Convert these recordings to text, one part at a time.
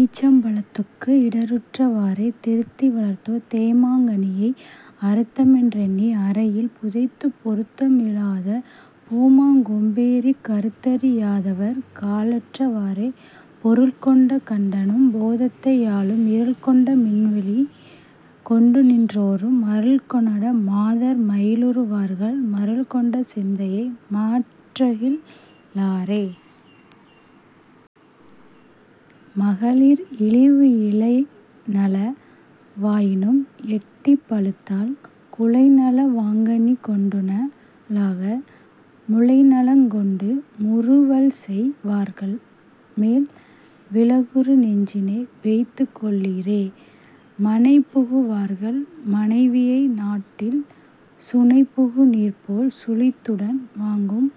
ஈச்சம் பழத்துக்கு இடருற்ற வாறே. திருத்தி வளர்த்ததோர் தேமாங் கனியை அருத்தமென் றெண்ணி அறையில் புதைத்துப் பொருத்தம் இலாத புளிமாங் கொம்பேறிக் கருத்தறி யாதவர் காலற்ற வாறே. பொருள்கொண்ட கண்டனும் போதத்தை யாளும் இருள்கொண்ட மின்வெளி கொண்டுநின் றோரும் மருள்கொணட மாதர் மயலுறு வார்கள் மருள்கொண்ட சிந்தையை மாற்றகில் லாரே... மகளிர் இழிவு இலைநல வாயினும் எட்டி பழுத்தால் குலைநல வாங்கனி கொண்டுண லாகா முலைநலங் கொண்டு முறுவல்செய் வார்மேல் விலகுறு நெஞ்சினை வெய்துகொள் ளீரே. மனைபுகு வார்கள் மனைவியை நாடில் சுனைபுகு நீர்போல் சுழித்துடன் வாங்கும்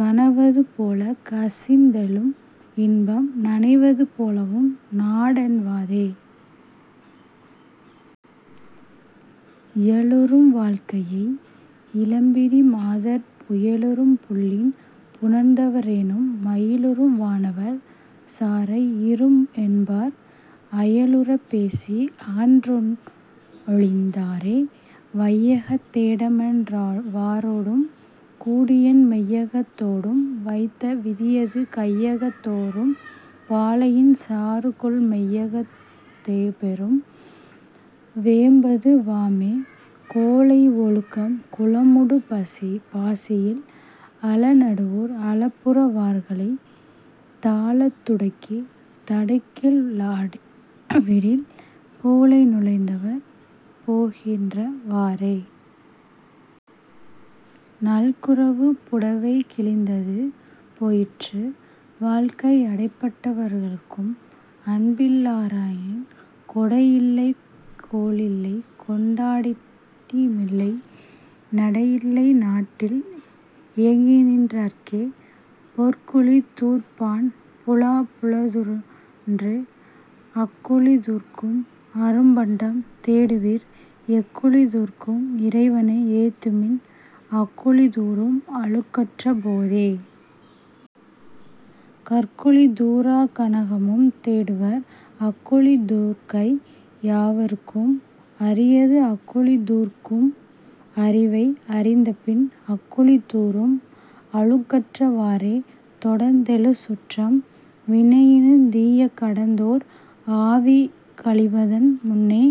கனவது போலக் கசிந்தெழும் இன்பம் நனவது போலவும் நாடவொண் ணாதே. இயலுறும் வாழ்க்கை இளம்பிடி மாதர் புயலுறும் புல்லின் புணர்ந்தவ ரேயினும் மயலுறும் வானவர் சாரஇரும் என்பார் அயலுறப் பேசி அகன்றொழிந் தாரே. வையகத் தேமட வாரொடும் கூடியென் மெய்யகத் தோடும் வைத்த விதியது கையகத் தேகரும் பாலையின் சாறுகொள் மெய்யகத் தேபெரு வேம்பது வாமே. கோழை ஒழுக்கம் குளமூடு பாசியில் ஆழ நடுவர் அளப்புறு வார்களைத் தாழத் துடக்கித் தடுக்ககில் லாவிடில் பூழை நுழைந்தவர் போகின்ற வாறே... நல்குரவு புடைவை கிழிந்தது போயிற்று வாழ்க்கை அடையப்பட் டார்களும் அன்பில ராயினார் கொடையில்லை கோளில்லை கொண்டாட்ட மில்லை நடையில்லை நாட்டில் இயங்குகின் றார்கட்கே. பொய்க்குழி தூர்ப்பான் புலா புலருதென்று அக்குழி தூர்க்கும் அரும்பண்டம் தேடுவீர் எக்குழி தூர்த்தும் இறைவனை ஏத்துமின் அக்குழி தூரும் அழுக்கற்ற போதே. கற்குழி தூரக் கனகமும் தேடுவர் அக்குழி தூர்க்கை யாவர்க்கும் அரியது அக்குழி தூர்க்கும் அறிவை அறிந்தபின் அக்குழி தூரும் அழுக்கற்ற வாறே. தொடர்ந்தெழு சுற்றம் வினையினுந் தீய கடந்தோர் ஆவி கழிவதன் முன்னே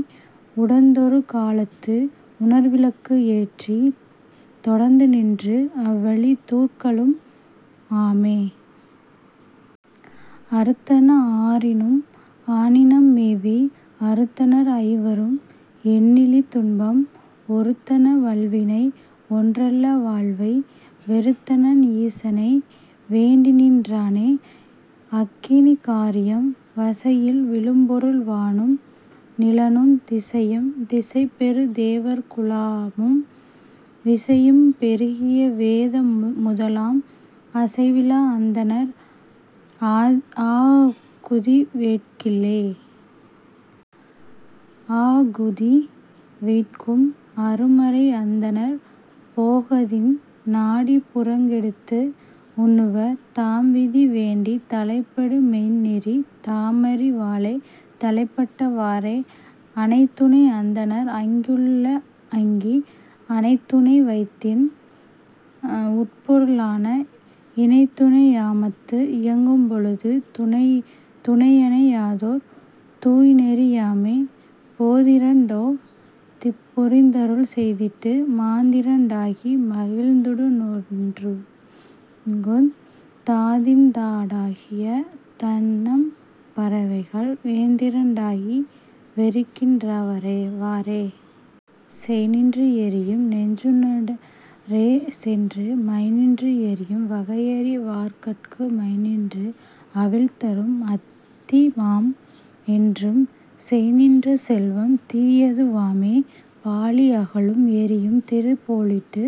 உடந்தொரு காலத்து உணர்விளக்கு ஏற்றித் தொடர்ந்துநின்று அவ்வழி தூர்க்கலு ம் ஆமே. அறுத்தன ஆறினும் ஆனினம் மேவி அறுத்தனர் ஐவரும் எண்ணிலி துன்பம் ஒறுத்தன வல்வினை ஒன்றல்ல வாழ்வை வெறுத்தனன் ஈசனை வேண்டிநின் றானே... அக்கினி காரியம் வசையில் விழுப்பொருள் வானும் நிலனும் திசையும் திசைபெறு தேவர் குழாமும் விசையும் பெருகிய வேத முதலாம் அசைவிலா அந்தணர் ஆகுதி வேட்கிலே. ஆகுதி வேட்கும் அருமறை அந்தணர் போகதி நாடிப் புறங்கொடுத்து உண்ணுவர் தாம்விதி வேண்டித் தலைப்படு மெய்ந்நெறி தாமறி வாலே தலைப்பட்ட வாறே. அணைதுணை அந்தணர் அங்கியுள் அங்கி அணைதுணை வைத்ததின் உட்பொரு ளான இணைதுணை யாமத்து இயங்கும் பொழுது துணையணை யாயதோர் தூய்நெறி யாமே. போதிரண் டோ திப் புரிந்தருள் செய்திட்டு மாதிரண் டாகி மகிழ்ந்துட னேநிற்குந் தாதிரண் டாகிய தண்ணம் பறவைகள் வேதிரண் டாகி வெறிக்கின்ற வாறே. நெய்நின்று எரியும் நெடுஞ்சுட ரேசென்று மைநின்று எரியும் வகையறி வார்க்கட்கு மைநின்று அவிழ்தரும் அத்தின மாம் என்றும் செய்நின்ற செல்வம் தீயது வாமே. பாழி அகலும் எரியும் திரிபோலிட்டு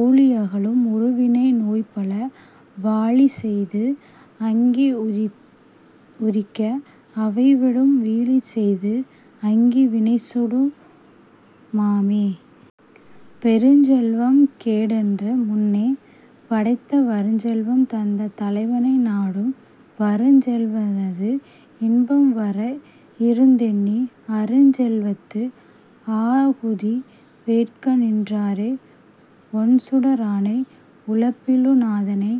ஊழி அகலும் உறுவினை நோய்பல வாழிசெய்து அங்கி உதிக்க அவைவிழும் வீழிசெய்து அங்கி வினைசுடு மாமே. பெருஞ்செல்வம் கேடென்று முன்னே படைத்த வருஞ்செல்வம் தந்த தலைவனை நாடும் வருஞ்செல்வதது இன்பம் வரஇருந் தெண்ணி அருஞ்செல்வத்து ஆகுதி வேட்கநின் றாரே. ஒண்சுட ரானை உலப்பிலி நாதனை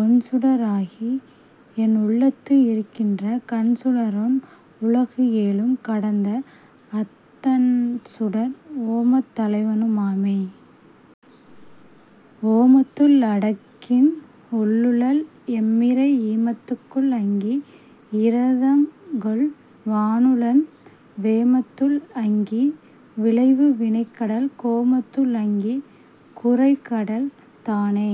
ஒண்சுட ராகிஎன் உள்ளத்து இருக்கின்ற கண்சுட ரோன் உலகு ஏழும் கடந்த அத் தண்சுடர் ஓமத் தலைவனு மாமே. ஓமத்துள் அங்கியின் உள்ளுளன் எம்மிறை ஈமத்துள் அங்கி இரதங்கொள் வானுளன் வேமத்துள் அங்கி விளைவு வினைக்கடல் கோமத்துள் அங்கி குரைகடல் தானே.